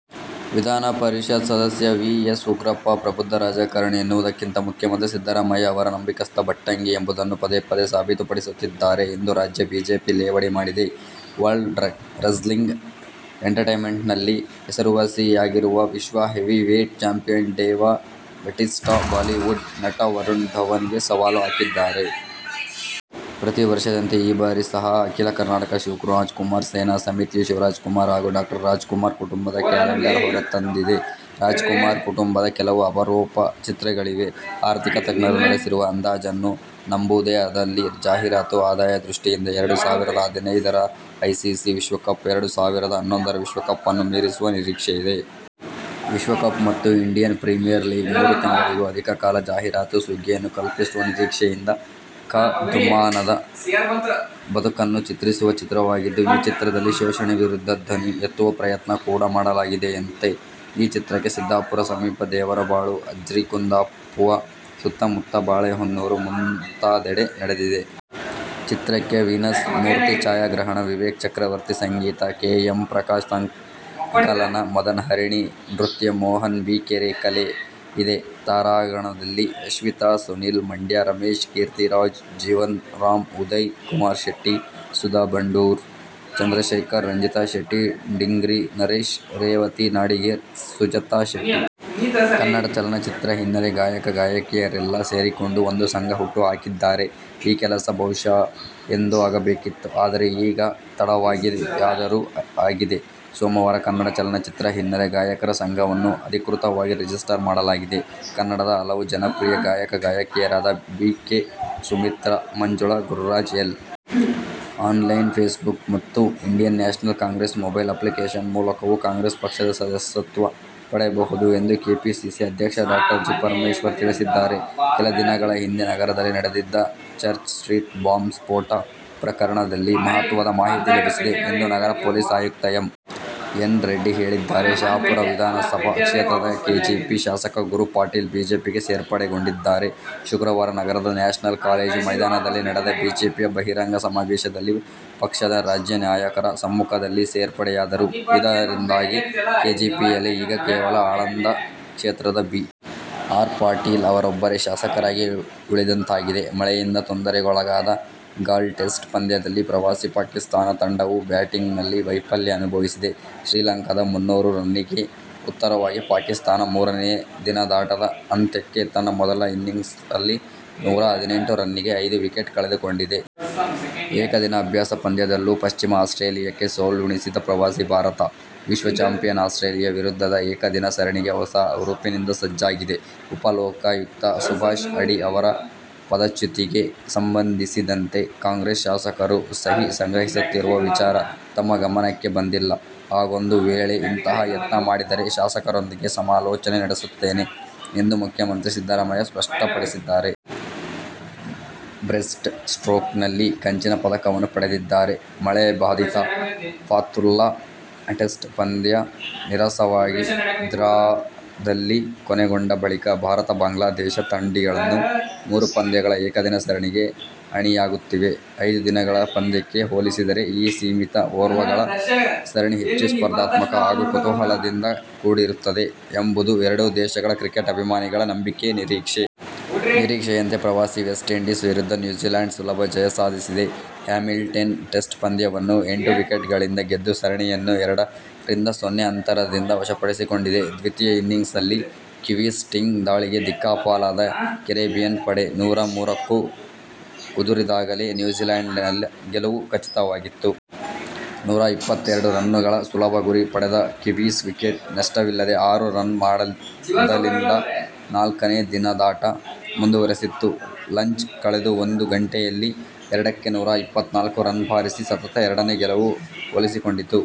ವಿಧಾನಪರಿಷತ್ ಸದಸ್ಯ V. S. Ugrappa ಪ್ರಬುದ್ಧ ರಾಜಕಾರಣಿ ಎನ್ನುವುದಕ್ಕಿಂತ ಮುಖ್ಯಮಂತ್ರಿ ಸಿದ್ದರಾಮಯ್ಯ ಅವರ ನಂಬಿಕಸ್ತ ಭಟ್ಟಂಗಿ ಎಂಬುದನ್ನು ಪದೇಪದೇ ಸಾಬೀತುಪಡಿಸುತ್ತಿದ್ದಾರೆ ಎಂದು ರಾಜ್ಯ ಬಿಜೆಪಿ ಲೇವಡಿ ಮಾಡಿದೆ. ವರ್ಲ್ಡ್ ರೆಸ್ಲಿಂಗ್ ಎಂಟರ್ಟೇನ್ಮೆಂಟ್ನಲ್ಲಿ ಹೆಸರುವಾಸಿಯಾಗಿರುವ ವಿಶ್ವ heavyweight champion Dave Bautista Bollywood ನಟ ವರುಣ್ ಧವನ್ ಗೆ ಸವಾಲು ಹಾಕಿದ್ದಾರೆ. ಪ್ರತಿ ವರ್ಷದಂತೆ ಈ ಬಾರಿ ಸಹ ಅಖಿಲ ಕರ್ನಾಟಕ ಶಿವರಾಜಕುಮಾರ್ ಸೇನಾ ಸಮಿತಿಯು ಶಿವರಾಜಕುಮಾರ್ ಹಾಗೂ ಡಾ. ರಾಜಕುಮಾರ್ ಕುಟುಂಬದ ಕ್ಯಾಲೆಂಡರ್ ಹೊರತಂದಿದೆ. ರಾಜಕುಮಾರ್ ಕುಟುಂಬದ ಕೆಲವು ಅಪರೂಪ ಚಿತ್ರಗಳಿವೆ. ಆರ್ಥಿಕ ತಜ್ಞರು ನಡೆಸಿರುವ ಅಂದಾಜನ್ನು ನಂಬುವುದೇ ಆದಲ್ಲಿ ಜಾಹೀರಾತು ಆದಾಯ ದೃಷ್ಟಿಯಿಂದ ಎರಡು ಸಾವಿರದ ಹದಿನೈದರ ಐಸಿಸಿ ವಿಶ್ವಕಪ್ ಎರಡು ಸಾವಿರದ ಹನ್ನೊಂದರ ವಿಶ್ವಕಪ್ ಅನ್ನು ಮೀರಿಸುವ ನಿರೀಕ್ಷೆಯಿದೆ. ವಿಶ್ವಕಪ್ ಮತ್ತು ಇಂಡಿಯನ್ ಪ್ರೀಮಿಯರ್ ಲೀಗ್ ಮೂರು ತಿಂಗಳಿಗೂ ಅಧಿಕ ಕಾಲ ಜಾಹೀರಾತು ಸುಗ್ಗಿಯನ್ನು ಕಲ್ಪಿಸುವ ನಿರೀಕ್ಷೆಯಿದೆ. ಖ -ದುಮ್ಮಾನದ ಬದುಕನ್ನು ಚಿತ್ರಿಸುವ ಚಿತ್ರವಾಗಿದ್ದು, ಈ ಚಿತ್ರದಲ್ಲಿ ಶೋಷಣೆ ವಿರುದ್ಧ ದನಿ ಎತ್ತುವ ಪ್ರಯತ್ನ ಕೂಡಾ ಮಾಡಲಾಗಿದೆಯಂತೆ. ಈ ಚಿತ್ರಕ್ಕೆ ಸಿದ್ಧಾಪುರ ಸಮೀಪ ದೇವರಬಾಳು, ಅಜ್ರಿ, ಕುಂದಾಪುವ ಸುತ್ತಮುತ್ತ ಬಾಳೆಹೊನ್ನುರು ಮುಂತಾದೆಡೆ ನಡೆದಿದೆ. ಚಿತ್ರಕ್ಕೆ ವೀನಸ್ ಮೂರ್ತಿ ಛಾಯಾಗ್ರಹಣ, ವಿವೇಕ್ ಚಕ್ರವರ್ತಿ ಸಂಗೀತ, ಕೆ. ಎಂ. ಪ್ರಕಾಶ್ ಸಂಕಲನ, ಮದನ್ ಹರಿಣಿ ನೃತ್ಯ, ಮೋಹನ್ ಬಿ ಕೆರೆ ಕಲೆ ಇದೆ. ತಾರಾಗಣದಲ್ಲಿ ಅಶ್ವಿತಾ, ಸುನಿಲ್, ಮಂಡ್ಯ ರಮೇಶ್, ಕೀರ್ತಿರಾಜ್, ಜೀವನ್ ರಾಂ, ಉದಯ್ ಕುಮಾರ್ ಶೆಟ್ಟಿ, ಸುಧಾ ಬಂಡೂರು, ಚಂದ್ರಶೇಖರ್, ರಂಜಿತಾ ಶೆಟ್ಟಿ, ಡಿಂಗ್ರಿ ನರೇಶ್, ರೇವತಿ ನಾಡಿಗೇರ್, ಸುಜಾತಾ ಶೆಟ್ಟಿ. ಕನ್ನಡ ಚಲನಚಿತ್ರ ಹಿನ್ನೆಲೆ ಗಾಯಕ-ಗಾಯಕಿಯರೆಲ್ಲಾ ಸೇರಿಕೊಂಡು ಒಂದು ಸಂಘ ಹುಟ್ಟುಹಾಕಿದ್ದಾರೆ. ಈ ಕೆಲಸ ಬಹುಶಃ ಎಂದೋ ಆಗಬೇಕಿತ್ತು. ಆದರೆ, ಈಗ ತಡವಾಗಿಯಾದರೂ ಆಗಿದೆ. ಸೋಮವಾರ ಕನ್ನಡ ಚಲನಚಿತ್ರ ಹಿನ್ನೆಲೆ ಗಾಯಕರ ಸಂಘವನ್ನು ಅಧಿಕೃತವಾಗಿ ರಿಜಿಸ್ಟರ್ ಮಾಡಿಸಲಾಗಿದೆ. ಕನ್ನಡದ ಹಲವು ಜನಪ್ರಿಯ ಗಾಯಕ-ಗಾಯಕಿಯರಾದ B. K. Sumithra, Manjula Gururaj, L. Online, Facebook ಮತ್ತು Indian National Congress mobile application ಮೂಲಕವೂ ಕಾಂಗ್ರೆಸ್ ಪಕ್ಷದ ಸದಸ್ಯತ್ವ ಪಡೆಯಬಹುದು ಎಂದು ಕೆಪಿಸಿಸಿ ಅಧ್ಯಕ್ಷ ಡಾ ಜಿ. ಪರಮೇಶ್ವರ್ ತಿಳಿಸಿದ್ದಾರೆ. ಕೆಲ ದಿನಗಳ ಹಿಂದೆ ನಗರದಲ್ಲಿ ನಡೆದಿದ್ದ ಚರ್ಚ್ ಸ್ಟ್ರೀಟ್ ಬಾಂಬ್ ಸ್ಫೋಟ ಪ್ರಕರಣದಲ್ಲಿ ಮಹತ್ವದ ಮಾಹಿತಿ ಲಭಿಸಿದೆ ಎಂದು ನಗರ ಪೊಲೀಸ್ ಆಯುಕ್ತ ಎಂ. ಎನ್. ರೆಡ್ಡಿ ಹೇಳಿದ್ದಾರೆ. ಶಹಾಪುರ ವಿಧಾನಸಭಾ ಕ್ಷೇತ್ರದ ಕೆಜೆಪಿ ಶಾಸಕ ಗುರು ಪಾಟೀಲ್ ಬಿಜೆಪಿಗೆ ಸೇರ್ಪಡೆಗೊಂಡಿದ್ದಾರೆ. ಶುಕ್ರವಾರ ನಗರದ ನ್ಯಾಷನಲ್ ಕಾಲೇಜು ಮೈದಾನದಲ್ಲಿ ನಡೆದ ಬಿಜೆಪಿಯ ಬಹಿರಂಗ ಸಮಾವೇಶದಲ್ಲಿ ಪಕ್ಷದ ರಾಜ್ಯ ನಾಯಕರ ಸಮ್ಮುಖದಲ್ಲಿ ಸೇರ್ಪ ಡೆಯಾದರು. ಇದ ರಿಂದಾಗಿ ಕೆಜೆಪಿಯಲ್ಲಿ ಈಗ ಕೇವಲ ಆಳಂದ ಕ್ಷೇತ್ರದ ಬಿ. ಆರ್. ಪಾಟೀಲ ಅವರೊಬ್ಬರೇ ಶಾಸಕರಾಗಿ ಉಳಿದಂತಾಗಿದೆ. ಮಳೆಯಿಂದ ತೊಂದರೆಗೊಳಗಾದ ಗಾಲ್ ಟೆಸ್ಟ್ ಪಂದ್ಯದಲ್ಲಿ ಪ್ರವಾಸಿ ಪಾಕಿಸ್ಥಾನ ತಂಡವು ಬ್ಯಾಟಿಂಗ್ನಲ್ಲಿ ವೈಫಲ್ಯ ಅನುಭವಿಸಿದೆ. ಶ್ರೀಲಂಕಾದ ಮುನ್ನೂರು ರನ್ನಿಗೆ ಉತ್ತರವಾಗಿ ಪಾಕಿಸ್ಥಾನ ಮೂರನೇ ದಿನದಾಟದ ಅಂತ್ಯಕ್ಕೆ ತನ್ನ ಮೊದಲ ಇನ್ನಿಂಗ್ಸ್ನಲ್ಲಿ ನೂರಾ ಹದಿನೆಂಟು ರನ್ನಿಗೆ ಐದು ವಿಕೆಟ್ ಕಳೆದುಕೊಂಡಿದೆ. ಏಕದಿನ ಅಭ್ಯಾಸ ಪಂದ್ಯದಲ್ಲೂ ಪಶ್ಚಿಮ ಆಸ್ಟ್ರೇಲಿಯಕ್ಕೆ ಸೋಲುಣಿಸಿದ ಪ್ರವಾಸಿ ಭಾರತ, ವಿಶ್ವ ಚಾಂಪಿಯನ್ ಆಸ್ಟ್ರೇಲಿಯ ವಿರುದ್ಧದ ಏಕದಿನ ಸರಣಿಗೆ ಹೊಸ ಹುರುಪಿನಿಂದ ಸಜ್ಜಾಗಿದೆ. ಉಪಲೋಕಾಯುಕ್ತ ಸುಭಾಷ್ ಅಡಿ ಅವರ ಪದಚ್ಯುತಿಗೆ ಸಂಬಂಧಿಸಿದಂತೆ ಕಾಂಗ್ರೆಸ್ ಶಾಸಕರು ಸಹಿ ಸಂಗ್ರಹಿಸುತ್ತಿರುವ ವಿಚಾರ ತಮ್ಮ ಗಮನಕ್ಕೆ ಬಂದಿಲ್ಲ. ಹಾಗೊಂದು ವೇಳೆ ಇಂತಹ ಯತ್ನ ಮಾಡಿದರೆ ಶಾಸಕರೊಂದಿಗೆ ಸಮಾಲೋಚನೆ ನಡೆಸುತ್ತೇನೆ ಎಂದು ಮುಖ್ಯಮಂತ್ರಿ ಸಿದ್ದರಾಮಯ್ಯ ಸ್ಪಷ್ಟಪಡಿಸಿದ್ದಾರೆ. ಬ್ರೆಸ್ಟ್ ಸ್ಟ್ರೋಕ್ ನಲ್ಲಿ ಕಂಚಿನ ಪದಕವನ್ನು ಪಡೆದಿದ್ದಾರೆ. ಮಳೆಬಾಧಿತ ಫಾತುಲ್ಲಾ ಟೆಸ್ಟ್ ಪಂದ್ಯ ನೀರಸವಾಗಿ ಡ್ರಾದಲ್ಲಿ ಕೊನೆಗೊಂಡ ಬಳಿಕ ಭಾರತ-ಬಾಂಗ್ಲಾದೇಶ ತಂಡಗಳಿನ್ನು ಮೂರು ಪಂದ್ಯಗಳ ಏಕದಿನ ಸರಣಿಗೆ ಅಣಿಯಾಗುತ್ತಿವೆ. ಐದು ದಿನಗಳ ಪಂದ್ಯಕ್ಕೆ ಹೋಲಿಸಿದರೆ ಈ ಸೀಮಿತ ಓವರ್ಗಳ ಸರಣಿ ಹೆಚ್ಚು ಸ್ಪರ್ಧಾತ್ಮಕ ಹಾಗೂ ಕುತೂಹಲದಿಂದ ಕೂಡಿರುತ್ತದೆ ಎಂಬುದು ಎರಡೂ ದೇಶಗಳ ಕ್ರಿಕೆಟ್ ಅಭಿಮಾನಿಗಳ ನಂಬಿಕೆ, ನಿರೀಕ್ಷೆ. ನಿರೀಕ್ಷೆಯಂತೆ ಪ್ರವಾಸಿ ವೆಸ್ಟ್ ಇಂಡೀಸ್ ವಿರುದ್ಧ ನ್ಯೂಜೀಲ್ಯಾಂಡ್ ಸುಲಭ ಜಯ ಸಾಧಿಸಿದೆ. ಹ್ಯಾಮಿಲ್ಟನ್ ಟೆಸ್ಟ್ ಪಂದ್ಯವನ್ನು ಎಂಟು ವಿಕೆಟ್ಗಳಿಂದ ಗೆದ್ದು ಸರಣಿಯನ್ನು ಎರಡ ರಿಂದ ಸೊನ್ನೆ ಅಂತರದಿಂದ ವಶಪಡಿಸಿಕೊಂಡಿದೆ. ದ್ವಿತೀಯ ಇನ್ನಿಂಗ್ಸ್ನಲ್ಲಿ ಕಿವೀಸ್ ಸ್ವಿಂಗ್ ದಾಳಿಗೆ ದಿಕ್ಕಾಪಾಲಾದ ಕೆರಿಬಿಯನ್ ಪಡೆ ನೂರಮೂರಕ್ಕೆ ಉದುರಿದಾಗಲೇ ನ್ಯೂಜೀಲ್ಯಾಂಡಿನ ಗೆಲುವು ಖಚಿತವಾಗಿತ್ತು. ನೂರಾ ಇಪ್ಪತ್ತೆರಡು ರನ್ನುಗಳ ಸುಲಭ ಗುರಿ ಪಡೆದ ಕಿವೀಸ್ ವಿಕೆಟ್ ನಷ್ಟವಿಲ್ಲದೆ ಆರು ರನ್ ಮಾಡಿದಲ್ಲಿಂದ ನಾಲ್ಕನೇ ದಿನದಾಟ ಮುಂದುವರಿಸಿತ್ತು. ಲಂಚ್ ಕಳೆದು ಒಂದು ಗಂಟೆಯಲ್ಲಿ ಎರಡಕ್ಕೆ ನೂರಾ ಇಪ್ಪತ್ತ್ನಾಲ್ಕು ರನ್ ಬಾರಿಸಿ ಸತತ ಎರಡನೇ ಗೆಲುವು ಒಲಿಸಿಕೊಂಡಿತು.